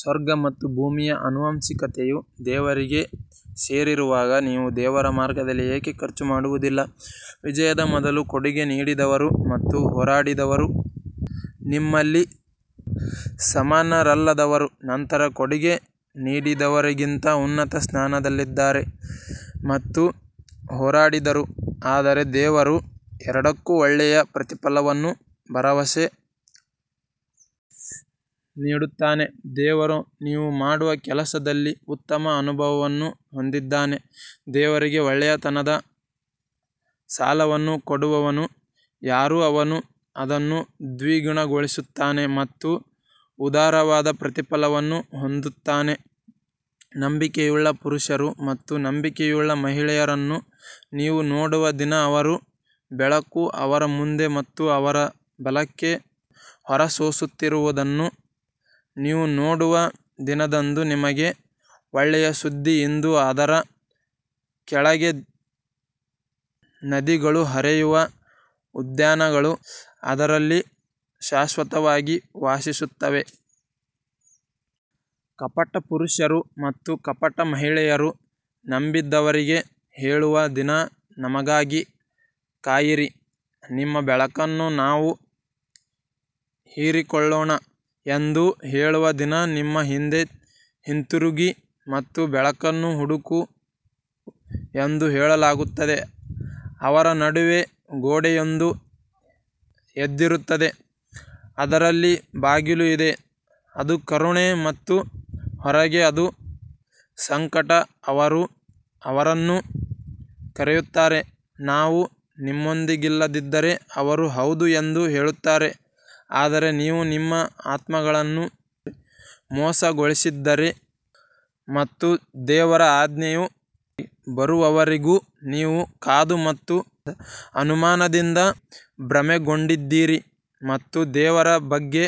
ಸ್ವರ್ಗ ಮತ್ತು ಭೂಮಿಯ ಆನುವಂಶಿಕತೆಯು ದೇವರಿಗೆ ಸೇರಿರುವಾಗ ನೀವು ದೇವರ ಮಾರ್ಗದಲ್ಲಿ ಏಕೆ ಖರ್ಚು ಮಾಡುವುದಿಲ್ಲ, ವಿಜಯದ ಮೊದಲು ಕೊಡುಗೆ ನೀಡಿದವರು ಮತ್ತು ಹೋರಾಡಿದವರು ನಿಮ್ಮಲ್ಲಿ ಸಮಾನರಲ್ಲದವರು ನಂತರ ಕೊಡುಗೆ ನೀಡಿದವರಿಗಿಂತ ಉನ್ನತ ಸ್ಥಾನದಲ್ಲಿದ್ದಾರೆ ಮತ್ತು ಹೋರಾಡಿದರು ಆದರೆ ದೇವರು ಎರಡಕ್ಕೂ ಒಳ್ಳೆಯ ಪ್ರತಿಫಲವನ್ನು ಭರವಸೆ ನೀಡುತ್ತಾನೆ ದೇವರು ನೀವು ಮಾಡುವ ಕೆಲಸದಲ್ಲಿ ಉತ್ತಮ ಅನುಭವವನ್ನು ಹೊಂದಿದ್ದಾನೆ ದೇವರಿಗೆ ಒಳ್ಳೆಯತನದ ಸಾಲವನ್ನು ಕೊಡುವವನು ಯಾರು, ಅವನು ಅದನ್ನು ದ್ವಿಗುಣಗೊಳಿಸುತ್ತಾನೆ ಮತ್ತು ಉದಾರವಾದ ಪ್ರತಿಫಲವನ್ನು ಹೊಂದುತ್ತಾನೆ ನಂಬಿಕೆಯುಳ್ಳ ಪುರುಷರು ಮತ್ತು ನಂಬಿಕೆಯುಳ್ಳ ಮಹಿಳೆಯರನ್ನು ನೀವು ನೋಡುವ ದಿನ ಅವರ ಬೆಳಕು ಅವರ ಮುಂದೆ ಮತ್ತು ಅವರ ಬಲಕ್ಕೆ ಹೊರಸೂಸುತ್ತಿರುವುದನ್ನು ನೀವು ನೋಡುವ ದಿನದಂದು ನಿಮಗೆ ಒಳ್ಳೆಯ ಸುದ್ದಿ ಇಂದು ಅದರ ಕೆಳಗೆ ನದಿಗಳು ಹರಿಯುವ ಉದ್ಯಾನಗಳು ಅದರಲ್ಲಿ ಶಾಶ್ವತವಾಗಿ ವಾಸಿಸುತ್ತವೆ. ಕಪಟ ಪುರುಷರು ಮತ್ತು ಕಪಟ ಮಹಿಳೆಯರು ನಂಬಿದವರಿಗೆ ಹೇಳುವ ದಿನ ನಮಗಾಗಿ ಕಾಯಿರಿ ನಿಮ್ಮ ಬೆಳಕನ್ನು ನಾವು ಹೀರಿಕೊಳ್ಳೋಣ ಎಂದು ಹೇಳುವ ದಿನ ನಿಮ್ಮ ಹಿಂದೆ ಹಿಂತಿರುಗಿ ಮತ್ತು ಬೆಳಕನ್ನು ಹುಡುಕು ಎಂದು ಹೇಳಲಾಗುತ್ತದೆ ಅವರ ನಡುವೆ ಗೋಡೆಯೊಂದು ಎದ್ದಿರುತ್ತದೆ ಅದರಲ್ಲಿ ಬಾಗಿಲು ಇದೆ. ಅದು ಕರುಣೆ ಮತ್ತು ಹೊರಗೆ ಅದು ಸಂಕಟ ಅವರು ಅವರನ್ನು ಕರೆಯುತ್ತಾರೆ, ನಾವು ನಿಮ್ಮೊಂದಿಗಿಲ್ಲದಿದ್ದರೆ ಅವರು ಹೌದು ಎಂದು ಹೇಳುತ್ತಾರೆ ಆದರೆ ನೀವು ನಿಮ್ಮ ಆತ್ಮಗಳನ್ನು ಮೋಸಗೊಳಿಸಿದ್ದೀರಿ ಮತ್ತು ದೇವರ ಆಜ್ಞೆಯು ಬರುವವರೆಗೂ ನೀವು ಕಾದು ಮತ್ತು ಅನುಮಾನದಿಂದ ಭ್ರಮೆಗೊಂಡಿದ್ದೀರಿ ಮತ್ತು ದೇವರ ಬಗ್ಗೆ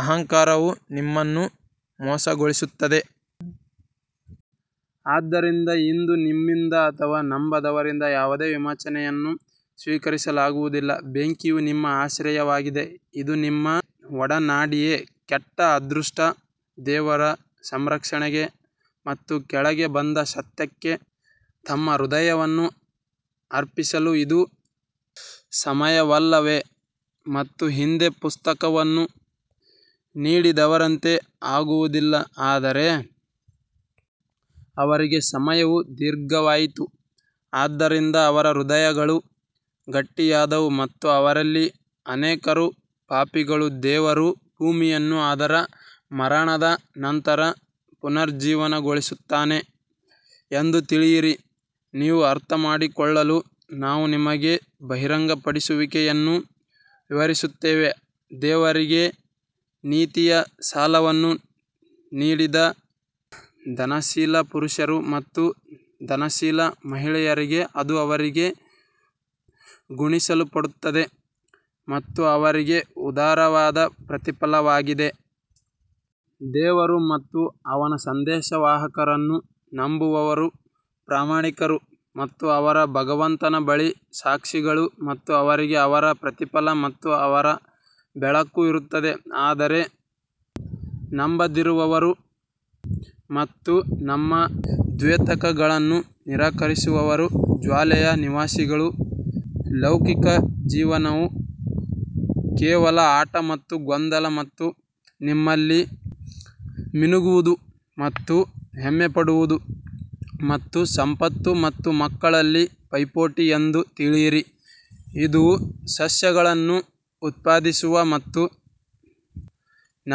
ಅಹಂಕಾರವು ನಿಮ್ಮನ್ನು ಮೋಸಗೊಳಿಸುತ್ತದೆ. ಆದ್ದರಿಂದ ಇಂದು ನಿಮ್ಮಿಂದ ಅಥವಾ ನಂಬದವರಿಂದ ಯಾವುದೇ ವಿಮೋಚನೆಯನ್ನು ಸ್ವೀಕರಿಸಲಾಗುವುದಿಲ್ಲ, ಬೆಂಕಿಯು ನಿಮ್ಮ ಆಶ್ರಯವಾಗಿದೆ, ಇದು ನಿಮ್ಮ ಒಡನಾಡಿಯೇ ಕೆಟ್ಟ ಅದೃಷ್ಟ ದೇವರ ಸ್ಮರಣೆಗೆ ಮತ್ತು ಕೆಳಗೆ ಬಂದ ಸತ್ಯಕ್ಕೆ ತಮ್ಮ ಹೃದಯವನ್ನು ಅರ್ಪಿಸಲು ಇದು ಸಮಯವಲ್ಲವೇ ಮತ್ತು ಹಿಂದೆ ಪುಸ್ತಕವನ್ನು ನೀಡಿದವರಂತೆ ಆಗುವುದಿಲ್ಲ ಆದರೆ ಅವರಿಗೆ ಸಮಯವು ದೀರ್ಘವಾಯಿತು ಆದ್ದರಿಂದ ಅವರ ಹೃದಯಗಳು ಗಟ್ಟಿಯಾದವು ಮತ್ತು ಅವರಲ್ಲಿ ಅನೇಕರು ಪಾಪಿಗಳು ದೇವರು ಭೂಮಿಯನ್ನು ಅದರ ಮರಣದ ನಂತರ ಪುನರುಜ್ಜೀವನಗೊಳಿಸುತ್ತಾನೆ ಎಂದು ತಿಳಿಯಿರಿ, ನೀವು ಅರ್ಥಮಾಡಿಕೊಳ್ಳಲು ನಾವು ನಿಮಗೆ ಬಹಿರಂಗಪಡಿಸುವಿಕೆಯನ್ನು ವಿವರಿಸುತ್ತೇವೆ ದೇವರಿಗೆ ನೀತಿಯ ಸಾಲವನ್ನು ನೀಡಿದ ದಾನಶೀಲ ಪುರುಷರು ಮತ್ತು ದಾನಶೀಲ ಮಹಿಳೆಯರಿಗೆ ಅದು ಅವರಿಗೆ ಗುಣಿಸಲ್ಪಡುತ್ತದೆ ಮತ್ತು ಅವರಿಗೆ ಉದಾರವಾದ ಪ್ರತಿಫಲವಾಗಿದೆ. ದೇವರು ಮತ್ತು ಅವನ ಸಂದೇಶವಾಹಕರನ್ನು ನಂಬುವವರು ಪ್ರಾಮಾಣಿಕರು ಮತ್ತು ಅವರ ಭಗವಂತನ ಬಳಿ ಸಾಕ್ಷಿಗಳು ಮತ್ತು ಅವರಿಗೆ ಅವರ ಪ್ರತಿಫಲ ಮತ್ತು ಅವರ ಬೆಳಕು ಇರುತ್ತದೆ ಆದರೆ ನಂಬದಿರುವವರು ಮತ್ತು ನಮ್ಮ ದ್ಯೋತಕಗಳನ್ನು ನಿರಾಕರಿಸುವವರು ಜ್ವಾಲೆಯ ನಿವಾಸಿಗಳು. ಲೌಕಿಕ ಜೀವನವು ಕೇವಲ ಆಟ ಮತ್ತು ಗೊಂದಲ ಮತ್ತು ನಿಮ್ಮಲ್ಲಿ ಮಿನುಗುವುದು ಮತ್ತು ಹೆಮ್ಮೆಪಡುವುದು ಮತ್ತು ಸಂಪತ್ತು ಮತ್ತು ಮಕ್ಕಳಲ್ಲಿ ಪೈಪೋಟಿ ಎಂದು ತಿಳಿಯಿರಿ ಇದು ಸಸ್ಯಗಳನ್ನು ಉತ್ಪಾದಿಸುವ ಮತ್ತು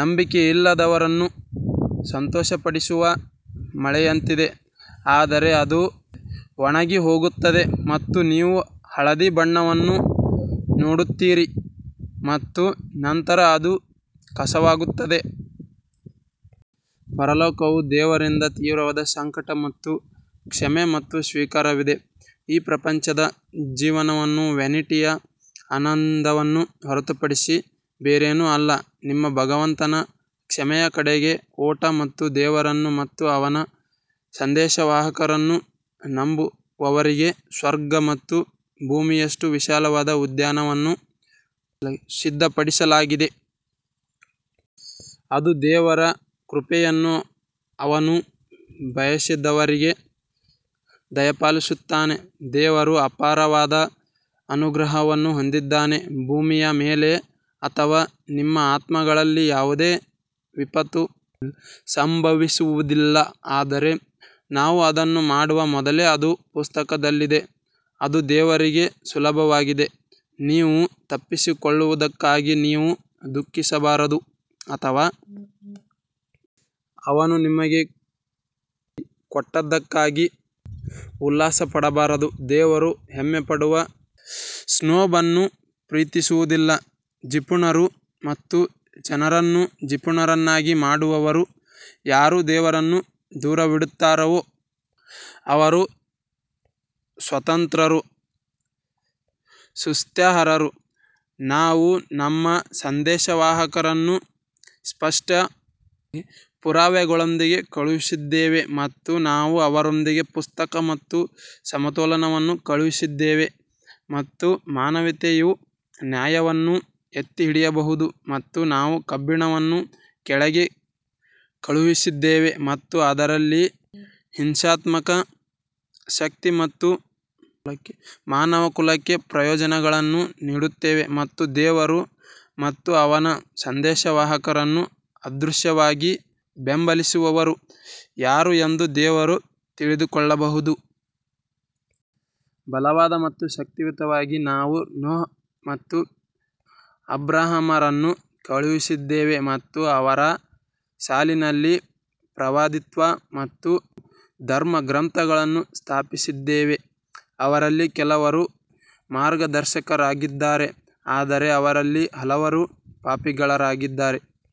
ನಂಬಿಕೆಯಿಲ್ಲದವರನ್ನು ಸಂತೋಷಪಡಿಸುವ ಮಳೆಯಂತಿದೆ ಆದರೆ ಅದು ಒಣಗಿಹೋಗುತ್ತದೆ ಮತ್ತು ನೀವು ಹಳದಿ ಬಣ್ಣವನ್ನು ನೋಡುತ್ತೀರಿ ಮತ್ತು ನಂತರ ಅದು ಕಸವಾಗುತ್ತದೆ. ಪರಲೋಕವು ದೇವರಿಂದ ತೀವ್ರವಾದ ಸಂಕಟ ಮತ್ತು ಕ್ಷಮೆ ಮತ್ತು ಸ್ವೀಕಾರವಿದೆ ಈ ಪ್ರಪಂಚದ ಜೀವನವು ವ್ಯಾನಿಟಿಯ ಆನಂದವನ್ನು ಹೊರತುಪಡಿಸಿ ಬೇರೇನೂ ಅಲ್ಲ ನಿಮ್ಮ ಭಗವಂತನ ಕ್ಷಮೆಯ ಕಡೆಗೆ ಓಟ ಮತ್ತು ದೇವರನ್ನು ಮತ್ತು ಅವನ ಸಂದೇಶವಾಹಕರನ್ನು ನಂಬುವವರಿಗೆ ಸ್ವರ್ಗ ಮತ್ತು ಭೂಮಿಯಷ್ಟು ವಿಶಾಲವಾದ ಉದ್ಯಾನವನ್ನು ಸಿದ್ಧಪಡಿಸಲಾಗಿದೆ, ಅದು ದೇವರ ಕೃಪೆಯನ್ನು ಅವನು ಬಯಸಿದವರಿಗೆ ದಯಪಾಲಿಸುತ್ತಾನೆ ದೇವರು ಅಪಾರವಾದ ಅನುಗ್ರಹವನ್ನು ಹೊಂದಿದ್ದಾನೆ ಭೂಮಿಯ ಮೇಲೆ ಅಥವಾ ನಿಮ್ಮ ಆತ್ಮಗಳಲ್ಲಿ ಯಾವುದೇ ವಿಪತ್ತು ಸಂಭವಿಸುವುದಿಲ್ಲ ಆದರೆ ನಾವು ಅದನ್ನು ಮಾಡುವ ಮೊದಲೇ ಅದು ಪುಸ್ತಕದಲ್ಲಿದೆ, ಅದು ದೇವರಿಗೆ ಸುಲಭವಾಗಿದೆ ನೀವು ತಪ್ಪಿಸಿಕೊಳ್ಳುವದಕ್ಕಾಗಿ ನೀವು ದುಃಖಿಸಬಾರದು ಅಥವಾ ಅವನು ನಿಮಗೆ ಕೊಟ್ಟದ್ದಕ್ಕಾಗಿ ಉಲ್ಲಾಸಪಡಬಾರದು, ದೇವರು ಹೆಮ್ಮೆಪಡುವ ಸ್ನೋಬ್ ಅನ್ನು ಪ್ರೀತಿಸುವುದಿಲ್ಲ ಜಿಪುಣರು ಮತ್ತು ಜನರನ್ನು ಜಿಪುಣರನ್ನಾಗಿ ಮಾಡುವವರು ಯಾರು ದೇವರನ್ನು ದೂರವಿಡುತ್ತಾರೋ ಅವರು ಸ್ವತಂತ್ರರು ಸ್ತುತ್ಯರ್ಹರು ನಾವು ನಮ್ಮ ಸಂದೇಶವಾಹಕರನ್ನು ಸ್ಪಷ್ಟ ಪುರಾವೆಗಳೊಂದಿಗೆ ಕಳುಹಿಸಿದ್ದೇವೆ ಮತ್ತು ನಾವು ಅವರೊಂದಿಗೆ ಪುಸ್ತಕ ಮತ್ತು ಸಮತೋಲನವನ್ನು ಕಳುಹಿಸಿದ್ದೇವೆ ಮತ್ತು ಮಾನವೀಯತೆಯು ನ್ಯಾಯವನ್ನು ಎತ್ತಿಹಿಡಿಯಬಹುದು ಮತ್ತು ನಾವು ಕಬ್ಬಿಣವನ್ನು ಕೆಳಗೆ ಕಳುಹಿಸಿದ್ದೇವೆ ಮತ್ತು ಅದರಲ್ಲಿ ಹಿಂಸಾತ್ಮಕ ಶಕ್ತಿ ಮತ್ತು ಮಾನವಕುಲಕ್ಕೆ ಪ್ರಯೋಜನಗಳನ್ನು ನೀಡುತ್ತೇವೆ ಮತ್ತು ದೇವರು ಮತ್ತು ಅವನ ಸಂದೇಶವಾಹಕರನ್ನು ಅದೃಶ್ಯವಾಗಿ ಬೆಂಬಲಿಸುವವರು ಯಾರು ಎಂದು ದೇವರು ತಿಳಿದುಕೊಳ್ಳಬಹುದು. ಬಲವಾದ ಮತ್ತು ಶಕ್ತಿಯುತವಾಗಿದೆ ನಾವು ನೂಹ್ ಮತ್ತು ಅಬ್ರಹಾಮರನ್ನು ಕಳುಹಿಸಿದ್ದೇವೆ ಮತ್ತು ಅವರ ಸಾಲಿನಲ್ಲಿ ಪ್ರವಾದಿತ್ವ ಮತ್ತು ಧರ್ಮಗ್ರಂಥಗಳನ್ನು ಸ್ಥಾಪಿಸಿದ್ದೇವೆ ಅವರಲ್ಲಿ ಕೆಲವರು ಮಾರ್ಗದರ್ಶಕರಾಗಿದ್ದಾರೆ ಆದರೆ ಅವರಲ್ಲಿ ಹಲವರು ಪಾಪಿಗಳಾಗಿದ್ದಾರೆ.